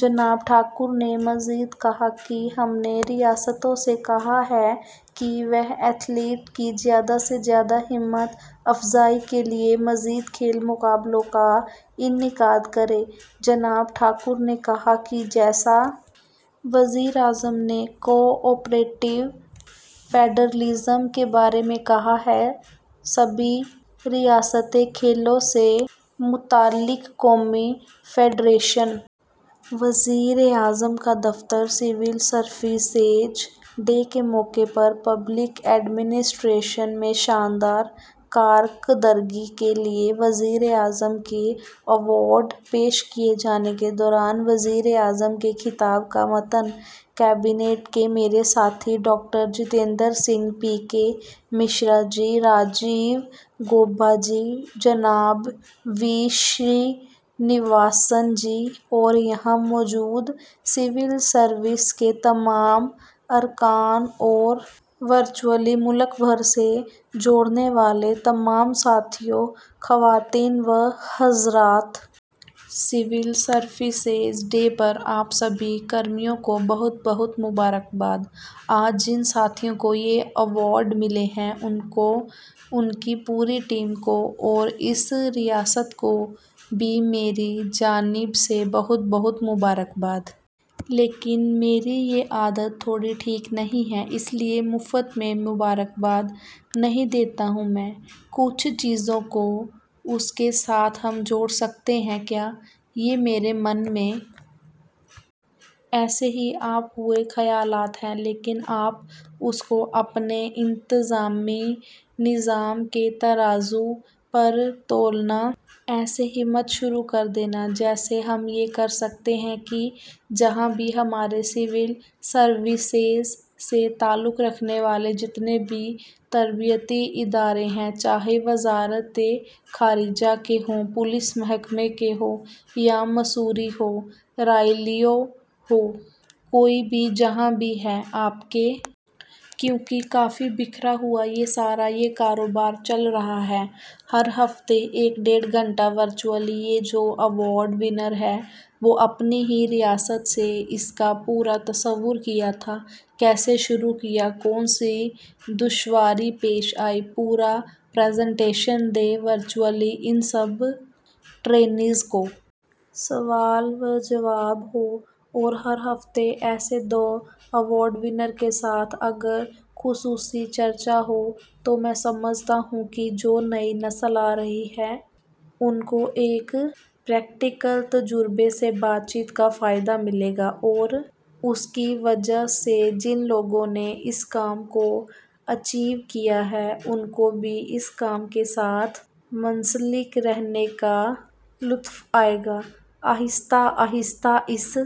جناب ٹھاکر نے مزید کہا کہ ہم نے ریاستو سے کہا ہے کہ وہ ایتھلیٹ کی زیادہ سے زیادہ ہمت افزائی کے لیے مزید کھیل مقابلوں کا انعقد کریں۔ جناب ٹھاکر نے کہا کہ جیساکہ وزیراعظم نے کوآپریٹیو وفاقیت کے بارے میں کہا ہے سبھی ریاستیں کھیلوں سے متعلق قومی فیڈریشن ،. وزیراعظم کا دفتر سول سروسز ڈے کے موقع پر پبلک ایڈمنسٹریشن میں شاندار کارکردگی کے لئے وزیراعظم کے ایوارڈ پیش کئے جانے کے دوران وزیراعظم کے خطاب کا متن کابینہ کے میرے ساتھی ڈاکٹر جتیندر سنگھ، پی کے مشرا جی، راجیو گوبا جی، جناب وی سرینواسن جی اور یہاں موجود سول سروس کے تمام ارکان اور ورچوئلی ملک بھر سے جڑنے والے تمام ساتھیوں، خواتین و حضرات! سول سروسز ڈے پر آپ سبھی کرمیوگیوں کو بہت بہت مبارک باد۔ آج جن ساتھیوں کو یہ ایوارڈ ملے ہیں، ان کو ، ان کی پوری ٹیم کو اور اس ریاست کو بھی میری جانب سے بہت بہت مبارک باد۔ لیکن میری یہ عادت تھوڑی ٹھیک نہیں ہے اس لئے مفت میں مبارک باد نہیں دیتا ہوں میں۔ کچھ چیزوں کو اس کے ساتھ ہم جوڑ سکتے ہیں کیا؟ یہ میرے من میں ایسے ہی آئے ہوئے خیالات ہیں لیکن آپ اس کو اپنے انتظامی نظام کے ترازو پر تولنا ایسا ہی مت شروع کردینا، جیسے ہم یہ کرسکتے ہیں کہ جہاں بھی ہمارے سول سروسز سے تعلق رکھنے والے جتنے بھی تربیتی ادارے ہیں، چاہئے وزارت خارجہ کے ہوں، پولیس محکمے کے ہوں، یا مسوری ہو ، روینیو ہو ، کوئی بھی جہاں بھی ہے، آپ کے۔ کیونکہ کافی بکھرا ہوا یہ سارا یہ کاروبار چل رہا ہے، ہر ہفتے ایک ڈیڑھ گھنٹہ ورچوئلی یہ جو ایوارڈ ونر ہیں، وہ اپنی ہی ریاست سے اس کا پورا تصور کیا تھا، کیسے شروع کیا، کون سی دشواری پیش آئی، پورا پرزنٹیشن دیں ورچوئلی ان سب ٹرینیز کو۔ سوال وجواب ہوں اور ہر ہفتے ایسے دو ایوارڈ ونر کے ساتھ اگر خصوصی چرچا ہو، تو میں سمجھتا ہوں کہ جو نئی نسل آرہی ہے ، ان کو ایک پریکٹیکل تجربہ سے بات چیت کا فائدہ ملے گا اور اس کی وجہ سے جن لوگوں نے اس کام کو اچیو کیا ہے، ان کو بھی اس کام کے ساتھ منسلک رہنے کا لطف آئے گا۔ آہستہ آہستہ اس